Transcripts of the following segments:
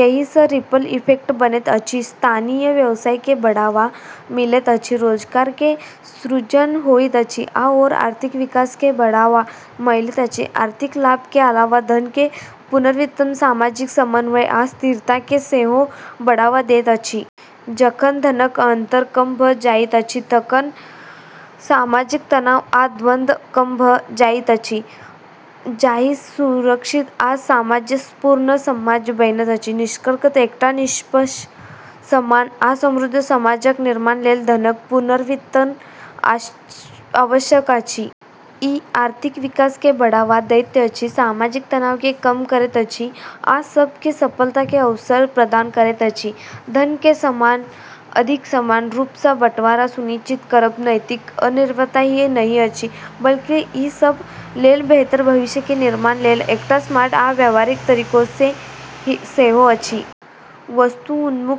एहि सं ripple effect बनैत अछि, स्थानीय व्यवसाय के बढ़ावा मिलैत अछि, रोजगार के सृजन होइत अछि, आओर आर्थिक विकास के बढ़ावा मिलैत अछि। आर्थिक लाभ के अलावे धन के पुनर्वितरण सामाजिक समन्वय आ स्थिरता केँ सेहो बढ़ावा दैत अछि। जखन धनक अंतर कम भ' जाइत अछि तखन सामाजिक तनाव आ द्वंद्व कम भ' जाइत अछि, जाहि सँ सुरक्षित आ सामंजस्यपूर्ण समाज बनैत अछि। निष्कर्षतः एकटा निष्पक्ष, समान, आ समृद्ध समाजक निर्माण लेल धनक पुनर्वितरण आवश्यक अछि। ई आर्थिक विकास केँ बढ़ावा दैत अछि, सामाजिक तनाव केँ कम करैत अछि, आ सब केँ सफलता के अवसर प्रदान करैत अछि। धन के अधिक समान रूप सँ बंटवारा सुनिश्चित करब नैतिक अनिवार्यता ही नहि अछि, बल्कि ई सब लेल बेहतर भविष्य के निर्माण लेल एकटा स्मार्ट आ व्यावहारिक तरीका सेहो अछि। वस्तु-उन्मुख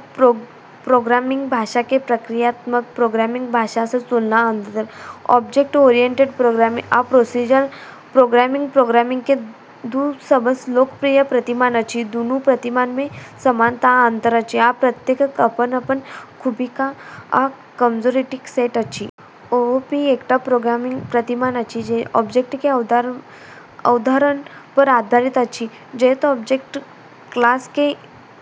प्रोग्रामिंग भाषा के प्रक्रियात्मक प्रोग्रामिंग भाषा सँ तुलना आ अंतर। ऑब्जेक्ट-ओरिएंटेड प्रोग्रामिंग आ प्रोसीजरल प्रोग्रामिंग प्रोग्रामिंग के दू सबसँ लोकप्रिय प्रतिमान अछि। दुनू प्रतिमान मे समानता आ अंतर अछि, आ प्रत्येकक अपन-अपन खूबी आ कमजोरीक सेट अछि। ओओपी एकटा प्रोग्रामिंग प्रतिमान अछि जे ऑब्जेक्ट के अवधारणा पर आधारित अछि, जतय ऑब्जेक्ट क्लास के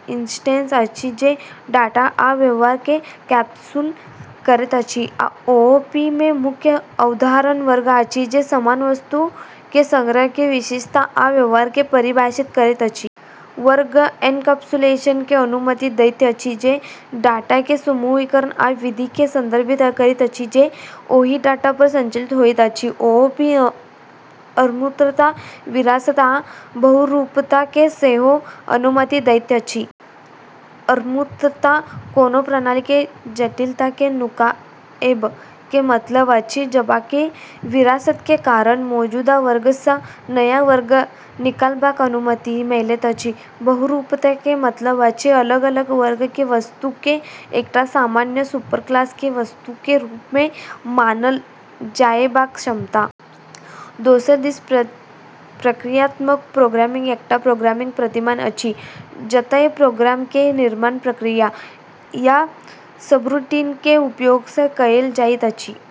इंस्टेंस अछि जे डाटा आ व्यवहार केँ कैप्सूल करैत अछि। ओओपी मे मुख्य अवधारणा वर्ग अछि, जे समान वस्तु के संग्रह के विशेषता आ व्यवहार केँ परिभाषित करैत अछि। वर्ग एनकैप्सुलेशन के अनुमति दैत अछि, जे डाटा के समूहीकरण आ विधि केँ संदर्भित करैत अछि जे ओहि डाटा पर संचालित होइत अछि। ओओपी अमूर्तता, विरासत, आ बहुरूपता केँ सेहो अनुमति दैत अछि। अमूर्तता कोनो प्रणाली के जटिलता केँ नुकाएब के मतलब अछि, जबकि विरासत के कारण मौजूदा वर्ग सँ नया वर्ग निकालबाक अनुमति मिलैत अछि। बहुरूपता के मतलब अछि अलग-अलग वर्ग के वस्तु के एकटा सामान्य सुपरक्लास के वस्तु के रूप मे मानल जाएबाक क्षमता। दोसर दिस प्रक्रियात्मक प्रोग्रामिंग एकटा प्रोग्रामिंग प्रतिमान अछि जतय प्रोग्राम के निर्माण प्रक्रिया, या सबरूटीन के उपयोग सँ कएल जाइत अछि।